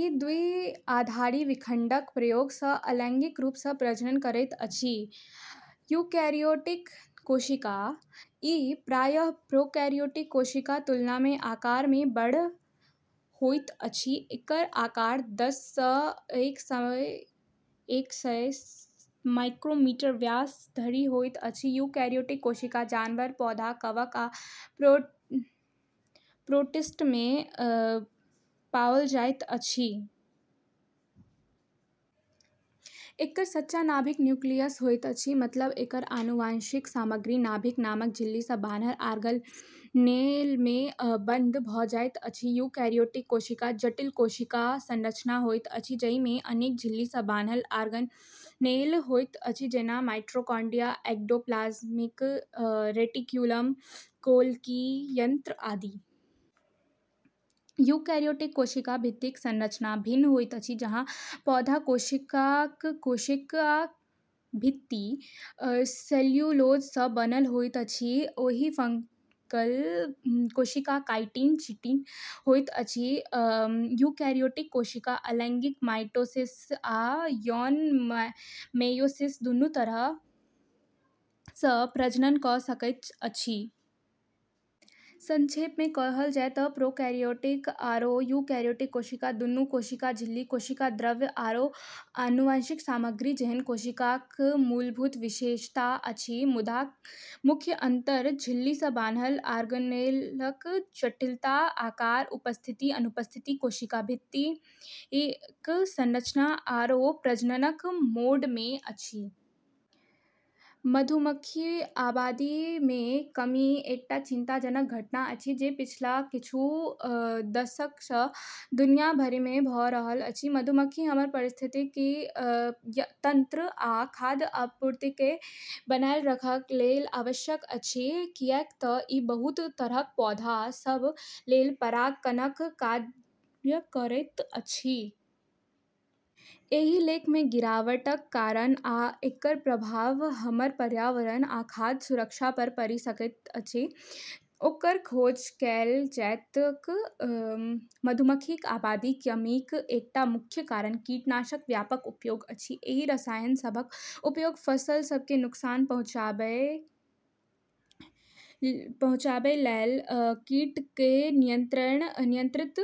ई द्विआधारी विखंडनक प्रयोगसँ अलैंगिक रूपसँ प्रजनन करैत अछि। यूकेरियोटिक कोशिका: ई प्रायः प्रोकैरियोटिक कोशिकाक तुलनामे आकारमे बड़ होइत अछि। एकर आकार दससँ एक सय माइक्रोमीटर व्यास धरि होइत अछि। यूकेरियोटिक कोशिका जनावर, पौधा, कवक, आ प्रोटिस्टमे पाओल जाइत अछि। एकर सच्चा नाभिक न्यूक्लियस होइत अछि, मतलब एकर आनुवंशिक सामग्री नाभिक नामक झिल्लीसँ बान्हल ऑर्गेनेलमे बंद भऽ जाइत अछि। यूकेरियोटिक कोशिकाक जटिल कोशिका संरचना होइत अछि जाहिमे अनेक झिल्लीसँ बान्हल ऑर्गेनेल होइत अछि जेना कि माइटोकॉन्ड्रिया, एंडोप्लाज्मिक रेटिक्युलम, गोल्गी यंत्र आदि। यूकेरियोटिक कोशिकाक कोशिका भित्तिक संरचना भिन्न होइत अछि। जहाँ पौधाक कोशिकाक कोशिका भित्ति सेल्यूलोजसँ बनल होइत अछि, ओही फंगल कोशिकामे काइटिन चिटिन होइत अछि। यूकेरियोटिक कोशिका अलैंगिक माइटोसिस आ यौन मेयोसिस दुनू तरहसँ प्रजनन कऽ सकैत अछि। संक्षेपमे कहल जाय तँ प्रोकैरियोटिक आओर यूकेरियोटिक कोशिका दूनूमे कोशिका झिल्ली, कोशिका द्रव्य, आओर आनुवंशिक सामग्री जेहन कोशिकाक मूलभूत विशेषता अछि, मुदा मुख्य अंतर झिल्लीसँ बान्हल ऑर्गेनेलक जटिलता, आकार, उपस्थिति या अनुपस्थिति, कोशिका भित्तिक संरचना आओर प्रजननक मोडमे अछि। मधुमक्खीक आबादीमे कमी एकटा चिंताजनक घटना अछि जे पिछला किछु दशकसँ दुनिया भरिमे भऽ रहल अछि। मधुमक्खी हमर पारिस्थितिकी तंत्र आ खाद्य आपूर्तिकेँ बनाए रखबा लेल आवश्यक अछि, कियाक तँ ई बहुत तरहक पौधा सभ लेल परागणकक काज करैत अछि। एहि लेखमे गिरावटक कारण आ एकर प्रभाव हमर पर्यावरण आ खाद्य सुरक्षा पर पड़ि सकैत अछि, ओकर खोज कएल जेतैक। मधुमक्खीक आबादीमे कमीक एकटा मुख्य कारण कीटनाशकक व्यापक उपयोग अछि। एहि रसायन सभक उपयोग फसल सभकेँ नुकसान पहुँचाबैबला कीटकेँ नियंत्रित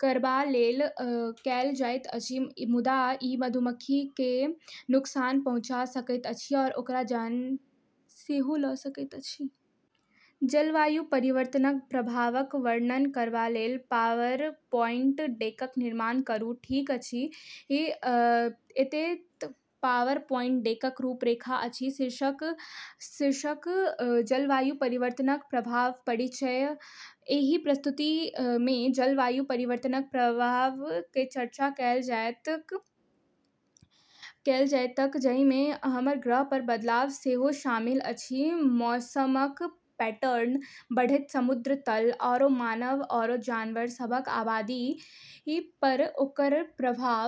करबा लेल कएल जाइत अछि, मुदा ई मधुमक्खीकेँ नुकसान पहुँचा सकैत अछि आ ओकर जान सेहो लऽ सकैत अछि। जलवायु परिवर्तनक प्रभावक वर्णन करैबला पावरपोइन्ट डेकक निर्माण करू। ठीक अछि, एतए पावरपोइन्ट डेकक रूपरेखा अछि: शीर्षक: जलवायु परिवर्तनक प्रभाव परिचय: एहि प्रस्तुतिमे जलवायु परिवर्तनक प्रभावक चर्चा कएल जेतैक, जाहिमे हमर ग्रह पर बदलाव सेहो शामिल अछि - मौसमक पैटर्न, बढ़ैत समुद्र तल, आओर मानव आओर जनावर सभक आबादी पर ओकर प्रभाव।